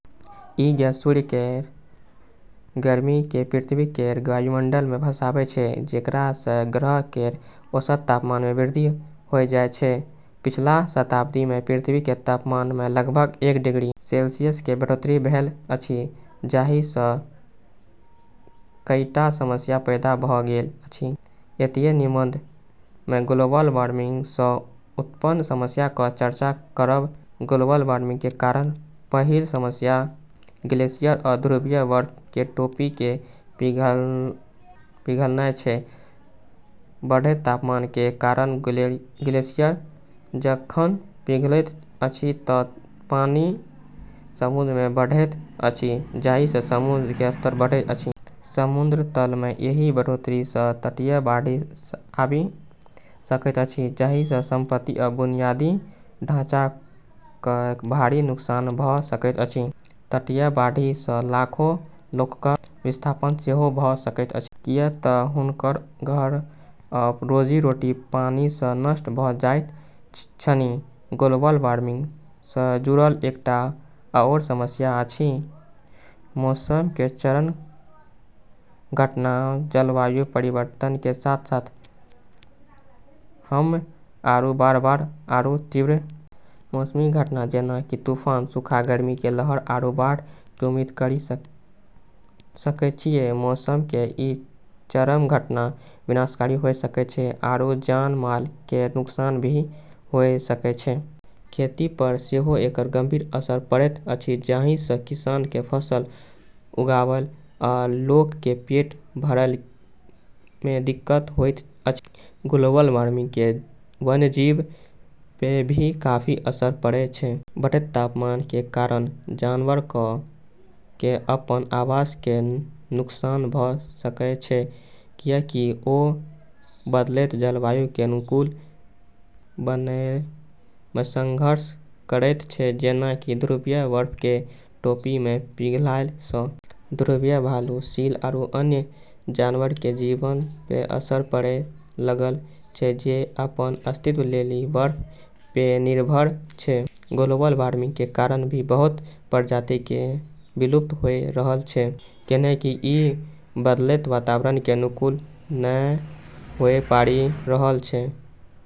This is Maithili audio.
ई गैस सूर्य केरऽ गर्मी के पृथ्वी केरऽ वायुमंडल मे फँसाबै छै जेकरा से ग्रह केरऽ औसत तापमान मे वृद्धि होय जाय छै, पिछला शताब्दी में पृथ्वी के तापमान में लगभग एक डिग्री सेल्सियस के बढ़ोतरी भेल अछि जाहि सं कईटा समस्या पैदा भ गेल अछि, एहि निबंध मे ग्लोबल वार्मिंग सँ उत्पन्न समस्याक चर्चा करब, ग्लोबल वार्मिंग के कारण पहिल समस्या ग्लेशियर आ ध्रुवीय बर्फ के टोपी के पिघलनाय छै, बढ़ैत तापमान के कारण ग्लेशियर जखन पिघलैत अछि त पानि समुद्र में बहैत अछि जाहि सं समुद्र के स्तर बढ़ैत अछि. समुद्र तल मे एहि बढ़ोतरी स तटीय बाढ़ि आबि सकैत अछि जाहि स संपत्ति आ बुनियादी ढांचा कए भारी नुकसान भ सकैत अछि, तटीय बाढ़ि सं लाखों लोकक विस्थापन सेहो भ सकैत अछि किएक त हुनकर घर आ रोजी-रोटी पानि सं नष्ट भ जाइत छनि, ग्लोबल वार्मिंग सं जुड़ल एकटा आओर समस्या अछि मौसम के चरम घटना जलवायु परिवर्तन के साथ-साथ हम्म आरू बार-बार आरू तीव्र मौसमी घटना जेना कि तूफान, सूखा, गर्मी के लहर आरू बाढ़ के उम्मीद करी सकै छियै, मौसम केरऽ ई चरम घटना विनाशकारी होय सकै छै आरू जान-माल केरऽ नुकसान भी होय सकै छै, खेती पर सेहो एकर गंभीर असर पड़ैत अछि जाहि सं किसान के फसल उगाबय आ लोक के पेट भरय मे दिक्कत होएत अछि, ग्लोबल वार्मिंग केरऽ वन्यजीवऽ पे भी काफी असर पड़ै छै, बढ़ैत तापमान कें कारण जानवरक कें अपन आवास कें नुकसान भ सकएय छै, कियाकि ओ बदलैत जलवायु कें अनुकूल बनएय मे संघर्ष करएयत छै जेना कि ध्रुवीय बर्फ के टोपी के पिघलला स॑ ध्रुवीय भालू, सील आरू अन्य जानवरऽ के जीवन पे असर पड़े लगलऽ छै जे अपनऽ अस्तित्व लेली बर्फ पे निर्भर छै, ग्लोबल वार्मिंग के कारण भी बहुत प्रजाति के विलुप्त होय रहलऽ छै कैन्हेंकि ई बदलतऽ वातावरण के अनुकूल नै होय पारी रहलऽ छै।